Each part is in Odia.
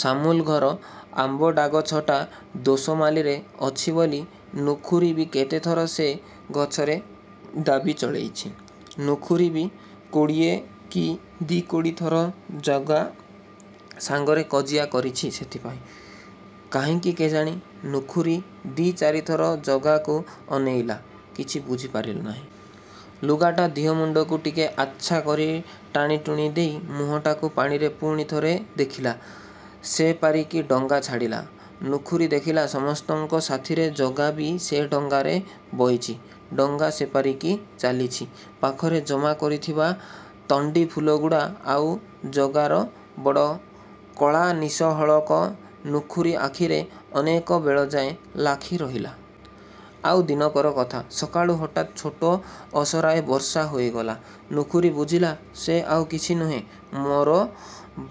ସାମୁଲଘର ଆମ୍ବଡ଼ାଗଛଟା ଦୋସମାଲିରେ ଅଛି ବୋଲି ନୁଖିୁରୀ ବି କେତେଥର ସେ ଗଛରେ ଦାବୀ ଚଳେଇଚି। ନୁଖୁରୀ ବି କୋଡ଼ିଏ କି ଦି କୋଡ଼ି ଥର ଜଗା ସାଙ୍ଗରେ କଜିଆ କରିଚି ସେଥିପାଇଁ। କାହିଁକି କେଜାଣି, ନୁଖୁରୀ ଦି ଚାରିଥର ଜଗାକୁ ଅନେଇଲା। କିଛି ବୁଝିପାରିଲା ନାହିଁ। ଲୁଗାଟା ଦିହମୁଣ୍ଡକୁ ଟିକେ ଆଚ୍ଛା କରି ଟାଣିଟୁଣି ଦେଇ ମୁଁହଟାକୁ ପାଣିରେ ପୁଣି ଥରେ ଦେଖିଲା। ସେପାରିକି ଡଙ୍ଗା ଛାଡ଼ିଲା। ନୁଖୁରୀ ଦେଖିଲା ସମସ୍ତଙ୍କ ସାଥିରେ ଜଗା ବି ସେ ଡଙ୍ଗାରେ ବଇଚି–ଡଙ୍ଗା ସେପାରିକି ଚାଲିଚି। ପାଖରେ ଜମା କରିଥିବା ତଣ୍ଡିଫୁଲଗୁଡ଼ା ଆଉ ଜଗାର ବଡ଼ କଳା ନିଶହଳକ ନୁଖୁରୀ ଆଖିରେ ଅନେକ ବେଳଯାଏ ଲାଖି ରହିଲା। ଆଉ ଦିନକର କଥା। ସକାଳୁ ହଠାତ୍ ଛୋଟ ଅସରାଏ ବର୍ଷା ହୋଇଗଲା। ନୁଖୁରୀ ବୁଝିଲା, ସେ ଆଉ କିଛି ନୁହେଁ, ମୋର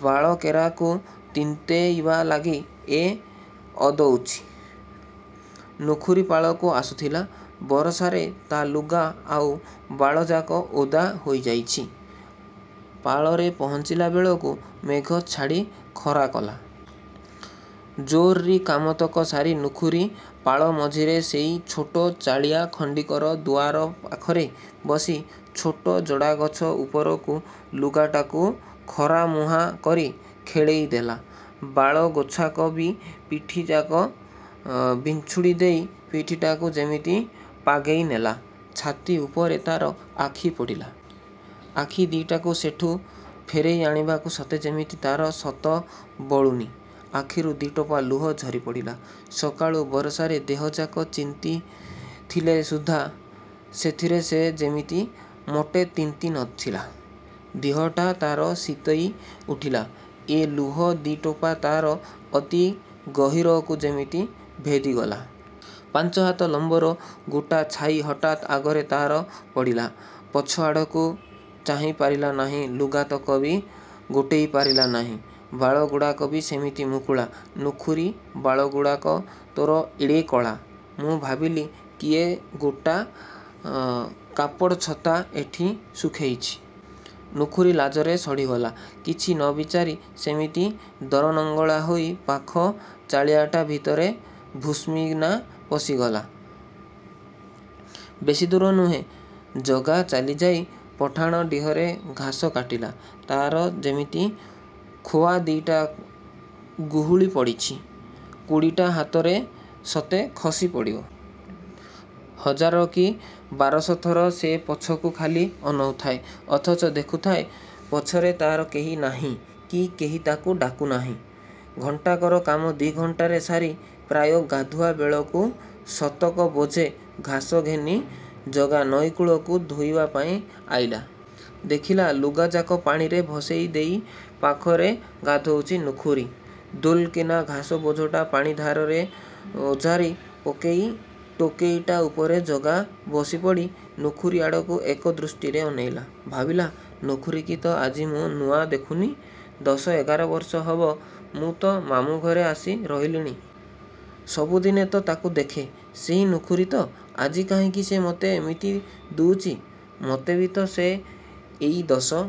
ବାଳ କେରାକୁ ତିନ୍ତେଇବା ଲାଗି ଏ ଅଦଉତି। ନୁଖୁରୀ ପାଳକୁ ଆସୁଥିଲା। ବରଷାରେ ତା ଲୁଗା ଆଉ ବାଳଯାକ ଓଦା ହୋଇଯାଇଚି-। ପାଳରେ ପହଞ୍ଚିଲାବେଳକୁ ମେଘ ଛାଡ଼ି ଖରାକଲା। ଜରୋରି କାମତକ ସାରି ନୁଖୁରୀ ପାଳ ମଝିରେ ସେଇ ଛୋଟ ଚାଳିଆ ଖଣ୍ଡିକର ଦୁଆର ପାଖରେ ବସି ଛୋଟ ଜଡ଼ାଗଛ ଉପରକୁ ଲୁଗାଟାକୁ ଖରାମୁହା କରି ଖେଳେଇ ଦେଲା–ବାଳ ଗୋଛାକ ବି ପିଠିଯାକ ବିଂଛୁଡ଼ି ଦେଇ ପିଠିଟାକୁ ଯେମିତି ପାଗେଇ ନେଲା। ଛାତି ଉପରେ ତାର ଆଖି ପଡ଼ିଲା। ଆଖି ଦିଟାକୁ ସେଠୁ ଫେରେଇ ଆଣିବାକୁ ସତେ ଯେମିତି ତାର ସତ ବଳୁନି। ଆଖିରୁ ଦି ଟୋପା ଲୁହ ଝରି ପଡ଼ିଲା। ସକାଳୁ ବରଷାରେ ଦେହଯାକ ଚିନ୍ତିଥିଲେ ସୁଦ୍ଧା ସେଥିରେ ସେ ଯେମିତି ମୋଟେ ତିନ୍ତି ନ ଥିଲା। ଦିହଟା ତାର ଶୀତେଇ ଉଠିଲା, ଏ ଲୁହ ଦି ଟୋପା ତାର ଅତି ଗହୀରକୁ ଯେମିତି ଭେଦିଗଲା। ପାଞ୍ଚ ହାତ ଲମ୍ବର ଗୋଟା ଛାଇ ହଠାତ୍ ଆଗରେ ତାର ପଡ଼ିଲା, ପଛଆଡ଼କୁ ଚାହିଁ ପାରିଲା ନାଇଁ ଲୁଗାତକ ବି ଗୋଟେଇ ପାରିଲା ନାଇଁ–ବାଳଗୁଡ଼ାକ ବି ସେମିତି ମୁକୁଳା। –ନୁଖୁରୀ ବାଳଗୁଡ଼ାକ ତୋର ଏଡ଼େ କଳା! ମୁଁ ଭାବିଲି କିଏ ଗୋଟା କାପଡ଼୍ ଛତା ଏଠି ଶୁଖେଇଚି। ନୁଖୁରୀ ଲାଜରେ ସଢ଼ିଗଲା। କିଛି ନ ବିଚାରି, ସେମିତି ଦରନଙ୍ଗଳା ହୋଇ ପାଖ ଚାଳିଆଟା ଭିତରେ ଭୁଷ୍କିନା ପଶିଗଲା। ବେଶି ଦୂର ନୁହେଁ। ଜଗା ଚାଲିଯାଇ ପଠାଣ ଡିହରେ ଘାସ କାଟିଲା। ତାର ଯେମିତି ଖୁଆ ଦି'ଟା ହୁଗୁଳି ପଡ଼ୁଚି। କୋଡ଼ିଟା ହାତରୁ ସତେ ଖସି ପଡ଼ିବ! ହଜାର କି ବାରଶ ଥର ସେ ପଛକୁ ଖାଲି ଅନଉଥାଏ–ଅଥଚ ଦେଖୁଥାଏ ପଛରେ ତାର କେହି ନାହିଁ କି କେହି ତାକୁ ଡାକୁ ନି। ଘଣ୍ଟାକର କାମ ଦି ଘଣ୍ଟାରେ ସାରି ପ୍ରାୟ ଗାଧୁଆ ବେଳକୁ ଶକତ ବୋଝେ ଘାସ ଘେନି ଜଗା ନଈକୂଳକୁ ଧୋଇବା ପାଇଁ ଆଇଲା। ଦେଖିଲା, ଲୁଗାଯାକ ପାଣିରେ ଭସେଇ ଦେଇ ପାଖରେ ଗାଧୋଉଚି ନୁଖୁରୀ। ଦୁଲକିନା ଘାସ ବୋଝଟା ପାଣି ଧାରରେ ଓଜାରି ପକେଇ ଟୋକେଇଟା ଉପରେ ଜଗା ବସିପଡ଼ି ନୁଖୁରୀଆଡ଼କୁ ଏକ ଦୃଷ୍ଟିରେ ଅନେଇଲା। ଭାବିଲା, ନୁଖୁରୀକି ତ ଆଜି ମୁଁ ନୂଆ ଦେଖୁନି, ଦଶ ଏଗାର ବର୍ଷ ହବ ମୁଁ ତ ମାମୁଁ ଘରେ ଆସି ରହିଲିଣି। ସବୁଦିନେ ତ ତାକୁ ଦେଖେ, ସେହି ନୁଖୁରୀ ତ, ଆଜି କାହିଁକି ସେ ମୋତେ ଏମିତି ଦୁଉଚି! ମତେ ବି ତ ସେ ଏଇ ଦଶ